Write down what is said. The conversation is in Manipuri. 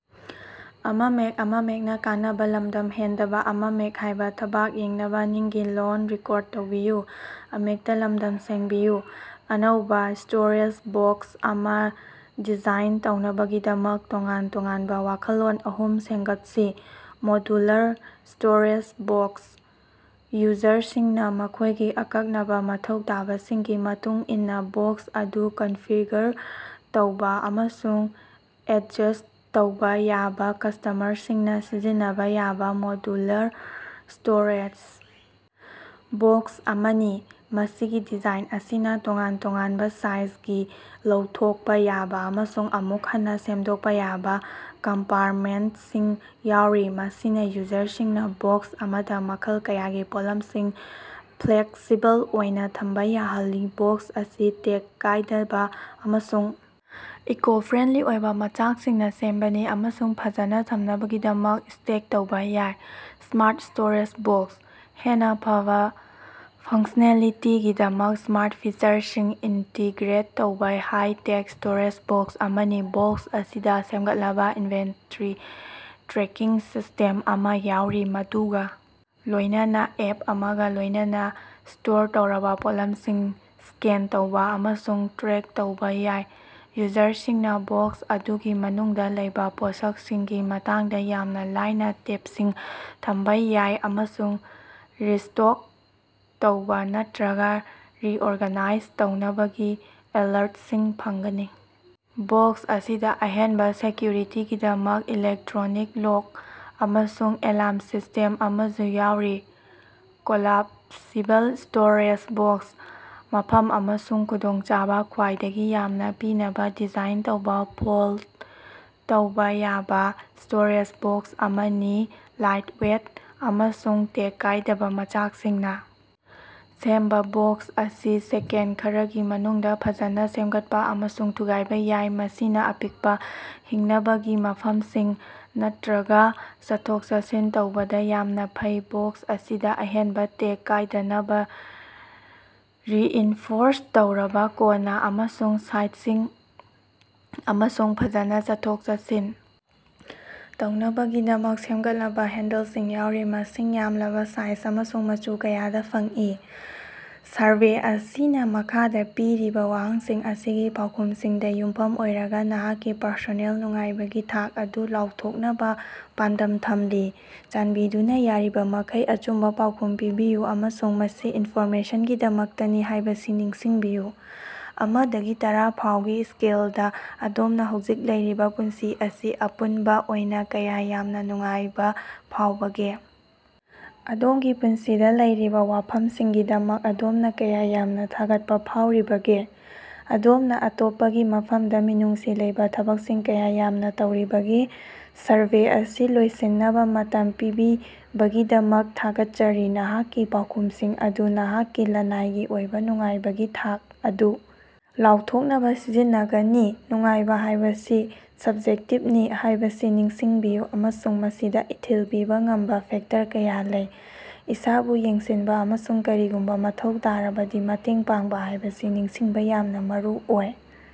ꯑꯅꯧꯕꯥ ꯁ꯭ꯇꯣꯔꯦꯖ ꯕꯣꯛꯁ ꯑꯃꯥ ꯗꯤꯖꯥꯏꯟ ꯇꯧꯅꯕꯒꯤꯗꯃꯛ ꯇꯣꯉꯥꯟ-ꯇꯣꯉꯥꯟꯕꯥ ꯋꯥꯈꯜꯂꯣꯟ ꯑꯍꯨꯝ ꯁꯦꯝꯒꯠꯁꯤ꯫ ꯃꯣꯗꯨꯂꯔ ꯁ꯭ꯇꯣꯔꯦꯖ ꯕꯣꯛꯁ: ꯌꯨꯖꯔꯁꯤꯡꯅꯥ ꯃꯈꯣꯏꯒꯤ ꯑꯀꯛꯅꯕꯥ ꯃꯊꯧ ꯇꯥꯕꯁꯤꯡꯒꯤ ꯃꯇꯨꯡ ꯏꯟꯅꯥ ꯕꯣꯛꯁ ꯑꯗꯨ ꯀꯟꯐꯤꯒꯔ ꯇꯧꯕꯥ ꯑꯃꯁꯨꯡ ꯑꯦꯠꯖꯁ ꯇꯧꯕꯥ ꯌꯥꯕꯥ ꯀꯁꯇꯃꯔꯁꯤꯡꯅꯥ ꯁꯤꯖꯤꯟꯅꯕꯥ ꯌꯥꯕꯥ, ꯃꯣꯗꯨꯂꯔ ꯁ꯭ꯇꯣꯔꯦꯖ ꯕꯣꯛꯁ ꯑꯃꯅꯤ꯫ ꯃꯁꯤꯒꯤ ꯗꯤꯖꯥꯏꯟ ꯑꯁꯤꯅꯥ ꯇꯣꯉꯥꯟ ꯇꯣꯉꯥꯟꯕꯥ ꯁꯥꯏꯖꯒꯤ ꯂꯧꯊꯣꯛꯄꯥ ꯌꯥꯕꯥ ꯑꯃꯁꯨꯡ ꯑꯃꯨꯛ ꯍꯟꯅꯥ ꯁꯦꯝꯗꯣꯛꯄꯥ ꯌꯥꯕꯥ ꯀꯝꯄꯥꯔꯇꯃꯦꯟꯇꯁꯤꯡ ꯌꯥꯎꯔꯤ, ꯃꯁꯤꯅꯥ ꯌꯨꯖꯔꯁꯤꯡꯅꯥ ꯕꯣꯛꯁ ꯑꯃꯗꯥ ꯃꯈꯜ ꯀꯌꯥꯒꯤ ꯄꯣꯠꯂꯝꯁꯤꯡ ꯐ꯭ꯂꯦꯛꯁꯤꯕꯜ ꯑꯣꯏꯅꯥ ꯊꯝꯕꯥ ꯌꯥꯍꯜꯂꯤ꯫ ꯕꯣꯛꯁ ꯑꯁꯤ ꯇꯦꯛ ꯀꯥꯏꯗꯕꯥ ꯑꯃꯁꯨꯡ ꯏꯀꯣ-ꯐ꯭ꯔꯦꯟꯂꯤ ꯑꯣꯏꯕꯥ ꯃꯆꯥꯛꯁꯤꯡꯅꯥ ꯁꯦꯝꯕꯅꯤ ꯑꯃꯁꯨꯡ ꯐꯖꯅꯥ ꯊꯝꯅꯕꯒꯤꯗꯃꯛ ꯁ꯭ꯇꯦꯛ ꯇꯧꯕꯥ ꯌꯥꯏ꯫ ꯁ꯭ꯃꯥꯔꯠ ꯁ꯭ꯇꯣꯔꯦꯖ ꯕꯣꯛꯁ: ꯍꯦꯟꯅꯥ ꯐꯕꯥ ꯐꯪꯁꯅꯦꯂꯤꯇꯤꯒꯤꯗꯃꯛ ꯁ꯭ꯃꯥꯔꯠ ꯐꯤꯆꯔꯁꯤꯡ ꯏꯟꯇꯤꯒ꯭ꯔꯦꯠ ꯇꯧꯕꯥ ꯍꯥꯏ-ꯇꯦꯛ ꯁ꯭ꯇꯣꯔꯦꯖ ꯕꯣꯛꯁ ꯑꯃꯅꯤ꯫ ꯕꯣꯛꯁ ꯑꯁꯤꯗꯥ ꯁꯦꯝꯒꯠꯂꯕꯥ ꯏꯟꯚꯦꯟꯇꯔꯤ ꯇ꯭ꯔꯦꯀꯤꯡ ꯁꯤꯁꯇꯦꯝ ꯑꯃꯥ ꯌꯥꯎꯔꯤ ꯃꯗꯨꯒꯥ ꯂꯣꯏꯅꯅ ꯑꯦꯞ ꯑꯃꯒꯥ ꯂꯣꯏꯅꯅꯥ ꯁ꯭ꯇꯣꯔ ꯇꯧꯔꯕꯥ ꯄꯣꯠꯂꯝꯁꯤꯡ ꯁ꯭ꯀꯦꯟ ꯇꯧꯕꯥ ꯑꯃꯁꯨꯡ ꯇ꯭ꯔꯦꯛ ꯇꯧꯕꯥ ꯌꯥꯏ꯫ ꯌꯨꯖꯔꯁꯤꯡꯅꯥ ꯕꯣꯛꯁ ꯑꯗꯨꯒꯤ ꯃꯅꯨꯡꯗꯥ ꯂꯩꯕꯥ ꯄꯣꯠꯁꯛꯁꯤꯡꯒꯤ ꯃꯇꯥꯡꯗꯥ ꯌꯥꯝꯅꯥ ꯂꯥꯏꯅꯥ ꯇꯦꯞꯁꯤꯡ ꯊꯝꯕꯥ ꯌꯥꯏ ꯑꯃꯁꯨꯡ ꯔꯤꯁ꯭ꯇꯣꯛ ꯇꯧꯕꯥ ꯅꯠꯇ꯭ꯔꯒꯥ ꯔꯤꯑꯣꯔꯒꯅꯥꯏꯖ ꯇꯧꯅꯕꯒꯤ ꯑꯦꯂꯔꯠꯁꯤꯡ ꯐꯪꯒꯅꯤ꯫ ꯕꯣꯛꯁ ꯑꯁꯤꯗꯥ ꯑꯍꯦꯟꯕꯥ ꯁꯦꯀ꯭ꯌꯨꯔꯤꯇꯤꯒꯤꯗꯃꯛ ꯏꯂꯦꯛꯇ꯭ꯔꯣꯅꯤꯛ ꯂꯣꯛ ꯑꯃꯁꯨꯡ ꯑꯦꯂꯥꯝ ꯁꯤꯁꯇꯦꯝ ꯑꯃꯁꯨ ꯌꯥꯎꯔꯤ꯫ ꯀꯣꯂꯥꯞꯁꯤꯕꯜ ꯁ꯭ꯇꯣꯔꯦꯖ ꯕꯣꯛꯁ: ꯃꯐꯝ ꯑꯃꯁꯨꯡ ꯈꯨꯗꯣꯡꯆꯥꯕꯥ ꯈ꯭ꯋꯥꯏꯗꯒꯤ ꯌꯥꯝꯅꯥ ꯄꯤꯅꯕꯥ ꯗꯤꯖꯥꯏꯟ ꯇꯧꯕꯥ ꯐꯣꯜꯗ ꯇꯧꯕꯥ ꯌꯥꯕꯥ ꯁ꯭ꯇꯣꯔꯦꯖ ꯕꯣꯛꯁ ꯑꯃꯅꯤ꯫ ꯂꯥꯏꯠꯋꯦꯠ ꯑꯃꯁꯨꯡ ꯇꯦꯛ ꯀꯥꯏꯗꯕꯥ ꯃꯆꯥꯛꯁꯤꯡꯅꯥ ꯁꯦꯝꯕꯥ ꯕꯣꯛꯁ ꯑꯁꯤ ꯁꯦꯀꯦꯟꯗ ꯈꯔꯒꯤ ꯃꯅꯨꯡꯗꯥ ꯐꯖꯅꯥ ꯁꯦꯝꯒꯠꯄꯥ ꯑꯃꯁꯨꯡ ꯊꯨꯒꯥꯏꯕꯥ ꯌꯥꯏ, ꯃꯁꯤꯅꯥ ꯑꯄꯤꯛꯄꯥ ꯍꯤꯡꯅꯕꯒꯤ ꯃꯐꯝꯁꯤꯡ ꯅꯠꯇ꯭ꯔꯒꯥ ꯆꯠꯊꯣꯛ-ꯆꯠꯁꯤꯟ ꯇꯧꯕꯗꯥ ꯌꯥꯝꯅꯥ ꯐꯩ꯫ ꯕꯣꯛꯁ ꯑꯁꯤꯗꯥ ꯑꯍꯦꯟꯕꯥ ꯇꯦꯛ ꯀꯥꯏꯗꯅꯕꯥ ꯔꯤꯏꯟꯐꯣꯔꯁ ꯇꯧꯔꯕꯥ ꯀꯣꯟꯅꯥ ꯑꯃꯁꯨꯡ ꯁꯥꯏꯗꯁꯤꯡ ꯑꯃꯁꯨꯡ ꯐꯖꯅꯥ ꯆꯠꯊꯣꯛ-ꯆꯠꯁꯤꯟ ꯇꯧꯅꯕꯒꯤꯗꯃꯛ ꯁꯦꯝꯒꯠꯂꯕꯥ ꯍꯦꯟꯗꯜꯁꯤꯡ ꯌꯥꯎꯔꯤ꯫ ꯃꯁꯤꯡ ꯌꯥꯝꯂꯕꯥ ꯁꯥꯏꯖ ꯑꯃꯁꯨꯡ ꯃꯆꯨ ꯀꯌꯥꯗꯥ ꯐꯪꯏ꯫ ꯁꯔꯚꯦ ꯑꯁꯤꯅꯥ ꯃꯈꯥꯗꯥ ꯄꯤꯔꯤꯕꯥ ꯋꯥꯍꯪꯁꯤꯡ ꯑꯁꯤꯒꯤ ꯄꯥꯎꯈꯨꯝꯁꯤꯡꯗꯥ ꯌꯨꯝꯐꯝ ꯑꯣꯏꯔꯒꯥ ꯅꯍꯥꯛꯀꯤ ꯄꯔꯁꯣꯅꯦꯜ ꯅꯨꯡꯉꯥꯏꯕꯒꯤ ꯊꯥꯛ ꯑꯗꯨ ꯂꯥꯎꯊꯣꯛꯅꯕꯥ ꯄꯥꯟꯗꯝ ꯊꯝꯂꯤ꯫ ꯆꯥꯟꯕꯤꯗꯨꯅꯥ ꯌꯥꯔꯤꯕꯃꯈꯩ ꯑꯆꯨꯝꯕꯥ ꯄꯥꯎꯈꯨꯝ ꯄꯤꯕꯤꯌꯨ, ꯑꯃꯁꯨꯡ ꯃꯁꯤ ꯏꯟꯐꯣꯔꯃꯦꯁꯟꯒꯤꯗꯃꯛꯇꯅꯤ ꯍꯥꯏꯕꯁꯤ ꯅꯤꯡꯁꯤꯡꯕꯤꯌꯨ꯫ ꯑꯃꯥꯗꯒꯤ ꯇꯔꯥꯐꯥꯎꯒꯤ ꯁ꯭ꯀꯦꯜꯗꯥ, ꯑꯗꯣꯝꯒꯤ ꯍꯧꯖꯤꯛ ꯂꯩꯔꯤꯕꯥ ꯄꯨꯟꯁꯤ ꯑꯁꯤ ꯑꯄꯨꯟꯕꯥ ꯑꯣꯏꯅꯥ ꯀꯌꯥ ꯌꯥꯝꯅꯥ ꯅꯨꯡꯉꯥꯏꯕꯥ ꯐꯥꯎꯕꯒꯦ? ꯑꯗꯣꯝꯒꯤ ꯄꯨꯟꯁꯤꯗꯥ ꯂꯩꯔꯤꯕꯥ ꯋꯥꯐꯝꯁꯤꯡꯒꯤꯗꯃꯛ ꯑꯗꯣꯝꯅꯥ ꯀꯌꯥ ꯌꯥꯝꯅꯥ ꯊꯥꯒꯠꯄꯥ ꯐꯥꯎꯔꯤꯕꯒꯦ? ꯑꯗꯣꯝꯅꯥ ꯑꯇꯣꯞꯄꯒꯤ ꯃꯐꯝꯗꯥ ꯃꯤꯅꯨꯡꯁꯤ ꯂꯩꯕꯥ ꯊꯕꯛꯁꯤꯡ ꯀꯌꯥ ꯌꯥꯝꯅꯥ ꯇꯧꯔꯤꯕꯒꯦ? ꯁꯔꯚꯦ ꯑꯁꯤ ꯂꯣꯏꯁꯤꯟꯅꯕꯥ ꯃꯇꯝ ꯄꯤꯕꯤꯕꯒꯤꯗꯃꯛ ꯊꯥꯒꯠꯆꯔꯤ꯫ ꯅꯍꯥꯛꯀꯤ ꯄꯥꯎꯈꯨꯝꯁꯤꯡ ꯑꯗꯨ ꯅꯍꯥꯛꯀꯤ ꯂꯅꯥꯏꯒꯤ ꯑꯣꯏꯕꯥ ꯅꯨꯡꯉꯥꯏꯕꯒꯤ ꯊꯥꯛ ꯑꯗꯨ ꯂꯥꯎꯊꯣꯛꯅꯕꯥ ꯁꯤꯖꯤꯟꯅꯒꯅꯤ꯫ ꯅꯨꯡꯉꯥꯏꯕꯥ ꯍꯥꯏꯕꯁꯤ ꯁꯞꯖꯦꯛꯇꯤꯞꯅꯤ ꯍꯥꯏꯕꯁꯤ ꯅꯤꯡꯁꯤꯡꯕꯤꯌꯨ ꯑꯃꯁꯨꯡ ꯃꯁꯤꯗꯥ ꯏꯊꯤꯜ ꯄꯤꯕꯥ ꯉꯝꯕꯥ ꯐꯦꯛꯇꯔ ꯀꯌꯥ ꯂꯩ꯫ ꯏꯁꯥꯕꯨ ꯌꯦꯡꯁꯤꯟꯕꯥ ꯑꯃꯁꯨꯡ ꯀꯔꯤꯒꯨꯝꯕꯥ ꯃꯊꯧ ꯇꯥꯔꯕꯗꯤ ꯃꯇꯦꯡ ꯄꯥꯡꯕꯥ ꯍꯥꯏꯕꯁꯤ ꯅꯤꯡꯁꯤꯡꯕꯥ ꯌꯥꯝꯅꯥ ꯃꯔꯨꯑꯣꯏ꯫